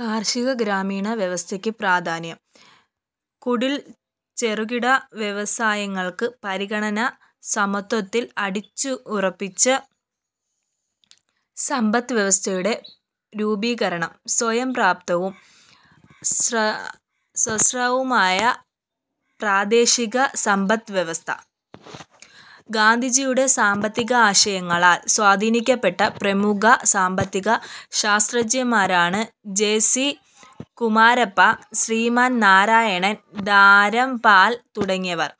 കാർഷിക ഗ്രാമീണ വ്യവസ്ഥയ്ക്ക് പ്രാധാന്യം. കുടിൽ-ചെറുകിട വ്യവസായങ്ങൾക്ക് പരിഗണന. സമത്വത്തിൽ അടിയുറച്ച സമ്പദ് വ്യവസ്ഥയുടെ രൂപീകരണം സ്വയംപര്യാപ്തവും സ്വാശ്രയവുമായ പ്രാദേശിക സമ്പദ് വ്യവസ്ഥ. ഗാന്ധിജിയുടെ സാമ്പത്തികാശയങ്ങളാൽ സ്വാധീനിക്കപ്പെട്ട പ്രമുഖ സാമ്പത്തിക ശാസ്ത്രജ്ഞൻമാരാണ് ജെ. സി. കുമരപ്പ, ശ്രീമൻ നാരായൺ, ധരംപാൽ തുടങ്ങിയവർ.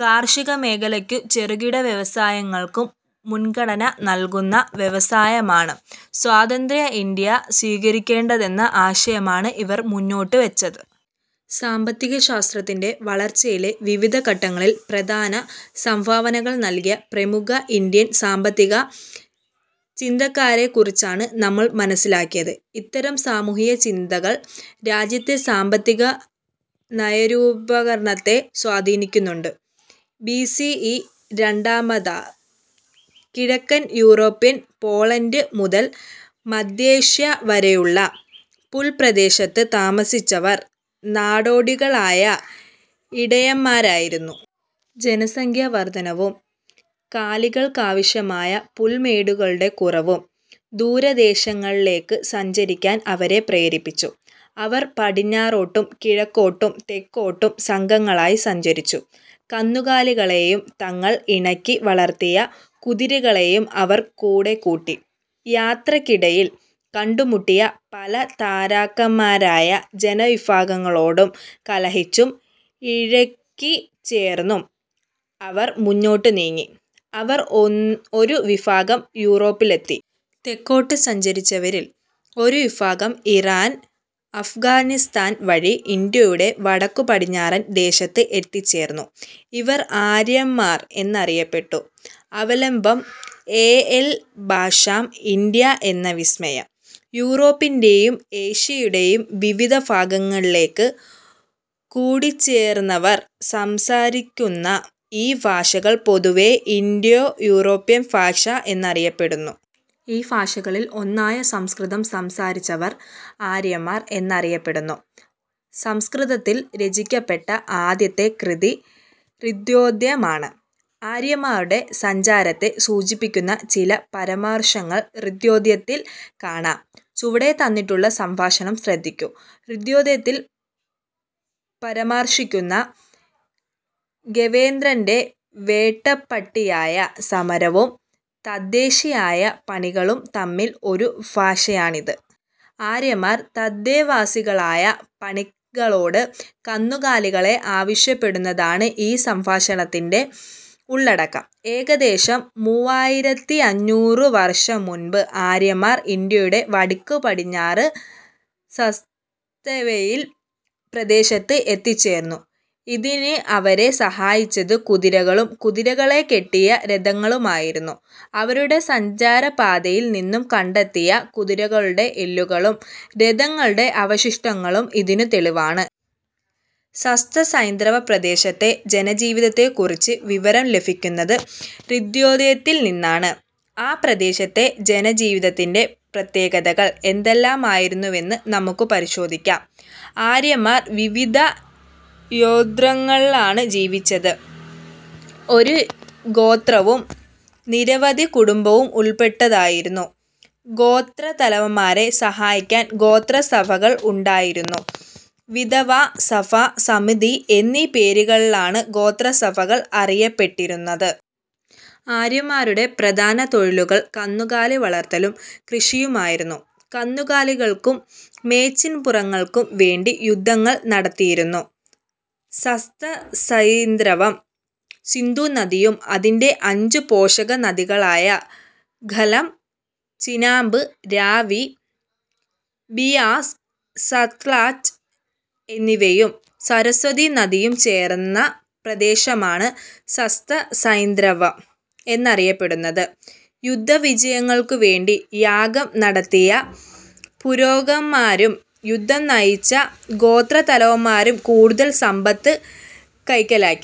കാർഷിക മേഖലയ്ക്കും ചെറുകിട വ്യവസായങ്ങൾക്കും മുൻഗണ നൽകുന്ന വികസനമാണ് സ്വതന്ത്ര ഇന്ത്യ സ്വീകരിക്കേണ്ടതെന്ന ആശയമാണ് ഇവർ മുന്നോട്ടു വച്ചത്. സാമ്പത്തികശാസ്ത്രത്തിന്റെ വളർച്ചയിലെ വിവിധ ഘട്ടങ്ങളിൽ പ്രധാന സംഭാവനകൾ നൽകിയ പ്രമുഖ ഇന്ത്യൻ സാമ്പത്തിക ചിന്തകരെക്കുറിച്ചാണ് നമ്മൾ മനസിലാക്കിയത്. ഇത്തരം സാമൂഹ്യചിന്തകൾ രാജ്യത്തെ സാമ്പത്തിക നയരൂപീകരണത്തെ സ്വാധീനിക്കുന്നുണ്ട്. ബി സി ഇ രണ്ടായിരാമാണ്ട്. കിഴക്കൻ യൂറോപ്പിലെ പോളണ്ട് മുതൽ മധ്യേഷ്യ വരെയുള്ള പുൽപ്രദേശത്ത് താമസിച്ചിരുന്നവർ നാടോടികളായ ഇടയന്മാരായിരുന്നു. ജനസംഖ്യാവർധനവും കാലികൾക്കാവശ്യമായ പുൽമേടുകളുടെ കുറവും ദൂരദേശങ്ങളിലേക്ക് സഞ്ചരിക്കാൻ അവരെ പ്രേരിപ്പിച്ചു. അവർ പടിഞ്ഞാറോട്ടും കിഴക്കോട്ടും തെക്കോട്ടും സംഘങ്ങളായി സഞ്ചരിച്ചു. കന്നുകാലികളെയും തങ്ങൾ ഇണക്കി വളർത്തിയ കുതിരകളെയും അവർ കൂടെക്കൂട്ടി. യാത്രയ്ക്കിടയിൽ കണ്ടുമുട്ടിയ പല തരക്കാരായ ജനവിഭാഗങ്ങളോട് കലഹിച്ചും ഇഴുകി ച്ചേർന്നും അവർ മുന്നോട്ടു നീങ്ങി. അവരിൽ ഒരു വിഭാഗം യൂറോപ്പിലെത്തി. തെക്കോട്ടു സഞ്ചരിച്ചവരിൽ ഒരു വിഭാഗം ഇറാൻ, അഫ്ഗാനിസ്ഥാൻ വഴി ഇന്ത്യയുടെ വടക്കുപടിഞ്ഞാറൻ ദേശത്ത് എത്തിച്ചേർന്നു. ഇവർ ആര്യന്മാർ എന്നറിയപ്പെടുന്നു. അവലംബം: എ. എൽ. ബാഷാം, 'ഇന്ത്യ എന്ന വിസ്മയം' യൂറോപ്പിന്റെയും ഏഷ്യയുടെയും വിവിധ ഭാഗങ്ങളിലേക്കു കുടിയേറിയവർ സംസാരിച്ചിരുന്ന ഈ ഭാഷകൾ പൊതുവെ ഇന്തോ- യൂറോപ്യൻ ഭാഷകൾ എന്നറിയപ്പെടുന്നു. ഈ ഭാഷകളിൽ ഒന്നായ സംസ്കൃതം സംസാരിച്ചിരുന്നവർ ആര്യന്മാർ എന്നറിയപ്പെട്ടിരുന്നു. സംസ്കൃതത്തിൽ രചിക്കപ്പെട്ട ആദ്യത്തെ കൃതി ഋഗ്വേദമാണ്. ആര്യന്മാരുടെ സഞ്ചാരത്തെ സൂചിപ്പിക്കുന്ന ചില പരാമർശങ്ങൾ ഋഗ്വേദത്തിൽ കാണാം. ചുവടെ തന്നിട്ടുള്ള സംഭാഷണം ശ്രദ്ധിക്കൂ. ഋഗ്വേദത്തിൽ പരാമർശിക്കുന്ന ദേവേന്ദ്രന്റെ വേട്ടപ്പട്ടിയായ സരമയും തദ്ദേശീയരായ പണികളും തമ്മിലുള്ള ഒരു സംഭാഷണമാണിത്. ആര്യന്മാർ തദ്ദേശവാസികളായ പണികളോട് കന്നുകാലികളെ ആവശ്യപ്പെടുന്നതാണ് ഈ സംഭാഷണത്തിന്റെ ഉള്ളടക്കം. ഏകദേശം മൂവായിരത്തി അഞ്ഞൂറ് വർഷം മുമ്പ് ആര്യന്മാർ ഇന്ത്യയുടെ വടക്കു പടിഞ്ഞാറ് സപ്തസൈന്ധവ പ്രദേശത്ത് എത്തിച്ചേർന്നു. ഇതിന് അവരെ സഹായിച്ചത് കുതിരകളും കുതിരകളെ കെട്ടിയ രഥങ്ങളുമായിരുന്നു. അവരുടെ സഞ്ചാര പാതയിൽ നിന്ന് കണ്ടെത്തിയ കുതിരകളുടെ എല്ലുകളും രഥങ്ങളുടെ അവശിഷ്ടങ്ങളും ഇതിനു തെളിവാണ്. സപ്തസൈന്ധവപ്രദേശത്തെ ജനജീവിതത്തെക്കുറിച്ച് വിവരം ലഭിക്കുന്നത് ഋഗ്വേദത്തിൽനിന്നാണ്. ആ പ്രദേശത്തെ ജനജീവിതത്തിന്റെ പ്രത്യേകതകൾ എന്തെല്ലാമായിരുന്നുവെന്ന് നമുക്ക് പരിശോധിക്കാം. ആര്യന്മാർ വിവിധ ഗോത്രങ്ങളായാണ് ജീവിച്ചത്. ഓരോ ഗോത്രവും നിരവധി കുടുംബങ്ങൾ ഉൾപ്പെട്ടതായിരുന്നു. ഗോത്രത്തിലെ മുതിർന്ന അംഗത്തെ ഗോത്രതലവനായി തെരഞ്ഞെടുത്തിരുന്നു. ഗോത്രതലവന്മാരെ സഹായിക്കാൻ ഗോത്രസഭകൾ ഉണ്ടായിരുന്നു. വിധാത, സഭ, സമിതി എന്നീ പേരുകളിലാണ് ഗോത്രസഭകൾ അറിയപ്പെട്ടിരുന്നത്. ആര്യന്മാരുടെ പ്രധാന തൊഴിലുകൾ കന്നുകാലി വളർത്തലും കൃഷിയുമായിരുന്നു. കന്നുകാലികൾക്കും മേച്ചിൽപ്പുറങ്ങൾക്കും വേണ്ടി യുദ്ധങ്ങൾ നടത്തിയിരുന്നു. സപ്തസൈന്ധവം സിന്ധുനദിയും അതിന്റെ അഞ്ചു പോഷക നദികളായ ഝലം, ചിനാബ്, രാവി, ബിയാസ്, സത്ലജ് എന്നിവയും സരസ്വതീ നദിയും ചേർന്ന പ്രദേശമാണ് സപ്തസൈന്ധവം എന്നറിയപ്പെടുന്നത്. യുദ്ധവിജയത്തിനുവേണ്ടി യാഗം നടത്തിയ പുരോഹിതന്മാരും യുദ്ധം നയിച്ച ഗോത്രത്തലവന്മാരും കൂടുതൽ സമ്പത്ത് കൈക്കലാക്കി.